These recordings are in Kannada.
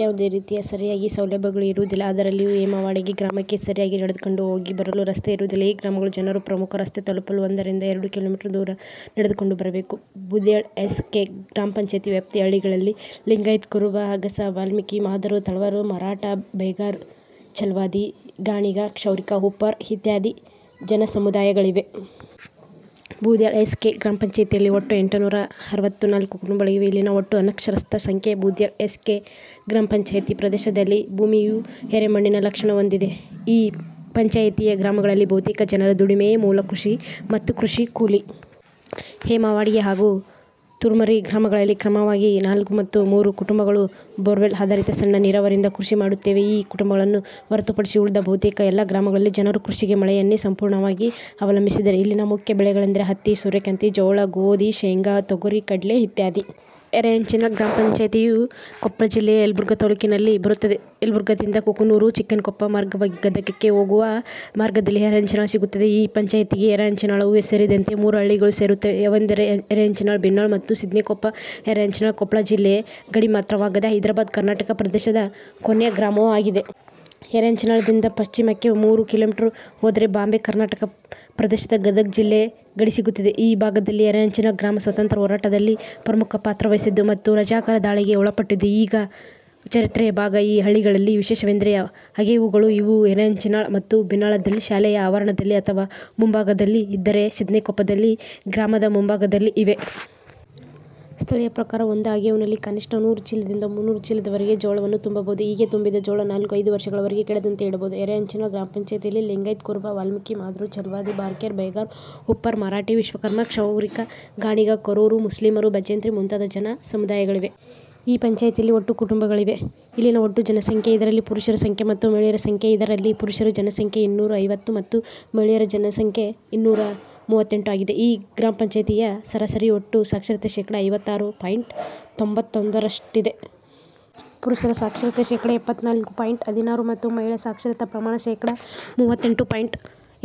ಯಾವುದೇ ರೀತಿಯ ಸಾರಿಗೆ ಸೌಲಭ್ಯಗಳು ಇರುವುದಿಲ್ಲ. ಅದರಲ್ಲಿಯೂ ಹೇಮವಾಡಗಿ ಗ್ರಾಮಕ್ಕೆ ಸರಿಯಾಗಿ ನಡೆದುಕೊಂಡು ಹೋಗಿ ಬರಲು ರಸ್ತೆ ಇರುವುದಿಲ್ಲ. ಈ ಗ್ರಾಮಗಳ ಜನರು ಪ್ರಮುಖ ರಸ್ತೆ ತಲುಪಲು ಒಂದರಿಂದ ಎರಡು ಕಿಲೋ ಮೀಟರ್ ದೂರ ನಡೆದುಕೊಂಡು ಬರಬೇಕು. ಬೂದಿಹಾಳ ಎಸ್. ಕೆ. ಗ್ರಾಮಪಂಚಾಯತಿ ವ್ಯಾಪ್ತಿಯ ಹಳ್ಳಿಗಳಲ್ಲಿ ಲಿಂಗಾಯತ ಕುರುಬ, ಅಗಸ, ವಾಲ್ಮೀಕಿ, ಮಾದರು, ತಳವಾರ, ಮರಾಠ, ಬೇಗಾರ್, ಚಲವಾದಿ, ಗಾಣಿಗ, ಕ್ಷೌರಿಕ, ಉಪ್ಪಾರ ಇತ್ಯಾದಿ ಜನಸಮುದಾಯಗಳಿವೆ. ಬೂದಿಹಾಳ ಎಸ್. ಕೆ. ಗ್ರಾಮಪಂಚಾಯತಿಯಲ್ಲಿ ಒಟ್ಟು ಎಂಟುನುರ ಅರವತ್ತ ನಾಲ್ಕು ಕುಟುಂಬಗಳಿವೆ. ಇಲ್ಲಿನ ಒಟ್ಟು ಅನಕ್ಷರಸ್ಥರ ಸಂಖ್ಯೆ. ಬೂದಿಹಾಳ ಎಸ್. ಕೆ. ಗ್ರಾಮಪಂಚಾಯತಿ ಪ್ರದೇಶದಲ್ಲಿ ಭೂಮಿಯು ಯರೇಮಣ್ಣಿನ ಲಕ್ಷಣ ಹೊಂದಿದೆ. ಈ ಪಂಚಾಯತಿಯ ಗ್ರಾಮಗಳಲ್ಲಿ ಬಹುತೇಕ ಜನರ ದುಡಿಮೆಯೆ ಮೂಲ ಕೃಷಿ ಮತ್ತು ಕೃಷಿ ಕೂಲಿ. ಹೇಮವಾಡಗಿ ಹಾಗೂ ತೂರಮರಿ ಗ್ರಾಮಗಳಲ್ಲಿ ಕ್ರಮವಾಗಿ ನಾಲ್ಕು ಮತ್ತು ಮೂರು ಕುಟುಂಬಗಳು ಬೋರ್ವೇಲ್ ಆಧಾರಿತ ಸಣ್ಣ ನೀರಾವರಿಯಿಂದ ಕೃಷಿ ಮಾಡುತ್ತಿವೆ. ಈ ಕುಟುಂಬಗಳನ್ನು ಹೊರತುಪಡಿಸಿ ಉಳಿದ ಬಹುತೇಕ ಎಲ್ಲಾ ಗ್ರಾಮಗಳಲ್ಲಿ ಜನರು ಕೃಷಿಗೆ ಮಳೆಯನ್ನೆ ಸಂಪೂರ್ಣವಾಗಿ ಅವಲಂಬಿಸಿದ್ದಾರೆ. ಇಲ್ಲಿನ ಮುಖ್ಯ ಬೆಳೆಗಳೆಂದರೆ, ಹತ್ತಿ, ಸೂರ್ಯಕಾಂತಿ, ಜೋಳ, ಗೋಧಿ, ಶೇಂಗಾ, ತೊಗರಿ, ಕಡ್ಲೆ ಇತ್ಯಾದಿ. ಯರೇಹಂಚಿನಾಳ ಗ್ರಾಮಪಂಚಾಯತಿಯು ಕೊಪ್ಪಳ ಜಿಲ್ಲೆಯ ಯಲಬುರ್ಗಾ ತಾಲ್ಲೂಕಿನಲ್ಲಿ ಬರುತ್ತದೆ. ಯಲಬುರ್ಗಾದಿಂದ ಕೂಕನೂರು, ಚಿಕ್ಕನಕೊಪ್ಪ ಮಾರ್ಗವಾಗಿ ಗದಗಕ್ಕೆ ಹೋಗುವ ಮಾರ್ಗದಲ್ಲಿ ಯರೇಹಂಚಿನಾಳ ಸಿಗುತ್ತದೆ. ಈ ಪಂಚಾಯತಿಗೆ ಯರೇಹಂಚಿನಾಳವು ಸೇರಿದಂತೆ ಮೂರು ಹಳ್ಳಿಗಳು ಸೇರುತ್ತವೆ. ಅವೆಂದರೆ ಯರೇಹಂಚಿನಾಳ, ಭಿನ್ನಾಳ ಮತ್ತು ಶಿದ್ನೇಕೊಪ್ಪ, ಯರೇಹಂಚಿನಾಳ ಕೊಪ್ಪಳ ಜಿಲ್ಲೆಯ ಗಡಿಮಾತ್ರವಾಗದೆ ಹೈದ್ರಾಬಾದ್ ಕರ್ನಾಟಕ ಪ್ರದೇಶದ ಕೊನೆಯ ಗ್ರಾಮವೂ ಆಗಿದೆ. ಯರೇಹಂಚಿನಾಳದಿಂದ ಪಶ್ಚಿಮಕ್ಕೆ ಮೂರು ಕಿಲೋ ಮೀಟರ್ ಹೋದರೆ ಬಾಂಬೆ ಕರ್ನಾಟಕ ಪ್ರದೇಶದ ಗದಗ ಜಿಲ್ಲೆ ಗಡಿ ಸಿಗುತ್ತದೆ. ಈ ಭಾಗದಲ್ಲಿ ಯರೇಹಂಚಿನಾಳ ಗ್ರಾಮ ಸ್ವತಂತ್ರ ಹೋರಾಟದಲ್ಲಿ ಪ್ರಮುಖ ಪಾತ್ರವಹಿಸಿದ್ದು ಮತ್ತು ರಜಾಕರ ದಾಳಿಗೆ ಒಳಪಟ್ಟಿದ್ದು ಈಗ ಚರಿತ್ರೆಯ ಭಾಗ. ಈ ಹಳ್ಳಿಗಳಲ್ಲಿ ವಿಶೇಷವೆಂದರೆ ಅಗೇವುಗಳು. ಇವು ಯರೇಹಂಚಿನಾಳ ಮತ್ತು ಭಿನ್ನಾಳದಲ್ಲಿ ಶಾಲೆಯ ಆವರಣದಲ್ಲಿ ಅಥವಾ ಮುಂಭಾಗದಲ್ಲಿ ಇದ್ದರೆ, ಶಿದ್ನೇಕೊಪ್ಪದಲ್ಲಿ ಗ್ರಾಮದ ಮುಂಭಾಗದಲ್ಲಿ ಇವೆ. ಸ್ಥಳೀಯರ ಪ್ರಕಾರ ಒಂದು ಅಗೇವುನಲ್ಲಿ ಕನಿಷ್ಟ ನೂರು ಚೀಲದಿಂದ ಮುನ್ನೂರು ಚೀಲದವರೆಗೆ ಜೋಳವನ್ನು ತುಂಬಬಹುದು. ಹೀಗೆ ತುಂಬಿದ ಜೋಳ ನಾಲ್ಕು, ಐದು ವರ್ಷಗಳವರೆಗೆ ಕೆಡದಂತೆ ಇಡಬಹುದು. ಯರೇಹಂಚಿನಾಳ ಗ್ರಾಮಪಂಚಾಯತಿಯಲ್ಲಿ ಲಿಂಗಾಯತ ಕುರುಬ, ವಾಲ್ಮೀಕಿ, ಮಾದರು, ಚಲವಾದಿ, ಬಾರ್ಕೇರ್, ಬೇಗಾರ್, ಉಪ್ಪಾರ, ಮರಾಠಿ, ವಿಶ್ವಕರ್ಮ, ಕ್ಷೌರಿಕ, ಗಾಣಿಗ, ಕೊರವರು, ಮುಸ್ಲಿಮರು, ಬಜಂತ್ರಿ ಮುಂತಾದ ಜನ ಸಮುದಾಯಗಳಿವೆ. ಈ ಪಂಚಾಯತಿಯಲ್ಲಿ ಒಟ್ಟು ಕುಟುಂಬಗಳಿವೆ. ಇಲ್ಲಿನ ಒಟ್ಟು ಜನಸಂಖ್ಯೆ. ಇದರಲ್ಲಿ ಪುರುಷರ ಸಂಖ್ಯೆ ಮತ್ತು ಮಹಿಳೆಯರ ಸಂಖ್ಯೆ. ಇದರಲ್ಲಿ ಪುರುಷರ ಜನಸಂಖ್ಯೆ ಇನ್ನೂರ ಐವತ್ತು ಮತ್ತು ಮಹಿಳೆಯರ ಜನಸಂಖ್ಯೆ ಇನ್ನೂರ ಮೂವತ್ತೆಂಟು ಆಗಿದೆ. ಈ ಗ್ರಾಮಪಂಚಾಯತಿಯ ಸರಾಸರಿ ಒಟ್ಟು ಸಾಕ್ಷರತೆ ಶೇಕಡ ಐವತ್ತಾರು ಪಾಯಿಂಟ್ ತೊಂಭತ್ತೊಂದರಷ್ಟಿದೆ. ಪುರುಷರ ಸಾಕ್ಷರತೆ ಶೇಕಡ ಎಪ್ಪತ್ತ ನಾಲ್ಕು ಪಾಯಿಂಟ್ ಹದಿನಾರು ಮತ್ತು ಮಹಿಳಾ ಸಾಕ್ಷರತಾ ಪ್ರಮಾಣ ಶೇಕಡ ಮೂವತ್ತೆಂಟು ಪಾಯಿಂಟ್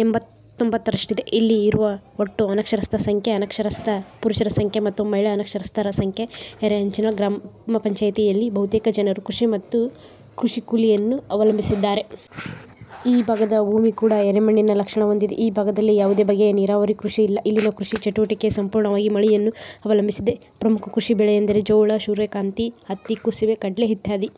ಎಂಭತ್ತೊಂಭತ್ತರಷ್ಟಿದೆ ಇಲ್ಲಿ ಇರುವ ಒಟ್ಟು ಅನಕ್ಷರಸ್ಥರ ಸಂಖ್ಯೆ ಅನಕ್ಷರಸ್ಥ ಪುರುಷರ ಸಂಖ್ಯೆ ಮತ್ತು ಮಹಿಳಾ ಅನಕ್ಷರಸ್ಥರ ಸಂಖ್ಯೆ. ಯರೇಹಂಚಿನಾಳ ಗ್ರಾಮಪಂಚಾಯತಿಯಲ್ಲಿ ಬಹುತೇಕ ಜನರು ಕೃಷಿ ಮತ್ತು ಕೃಷಿ ಕೂಲಿಯನ್ನು ಅವಲಂಬಿಸಿದ್ದಾರೆ. ಈ ಭಾಗದ ಭೂಮಿ ಕೂಡ ಯರೇಮಣ್ಣಿನ ಲಕ್ಷಣ ಹೊಂದಿದೆ. ಈ ಭಾಗದಲ್ಲಿ ಯಾವುದೇ ಬಗೆಯ ನೀರಾವರಿ ಕೃಷಿ ಇಲ್ಲ. ಇಲ್ಲಿನ ಕೃಷಿ ಚಟುವಟಿಕೆಯು ಸಂಪೂರ್ಣವಾಗಿ ಮಳೆಯನ್ನು ಅವಲಂಬಿಸಿದೆ. ಪ್ರಮುಖ ಕೃಷಿ ಬೆಳೆಯೆಂದರೆ ಜೋಳ, ಸೂರ್ಯಕಾಂತಿ, ಹತ್ತಿ, ಕುಸುಬೆ, ಕಡ್ಲೆ ಇತ್ಯಾದಿ.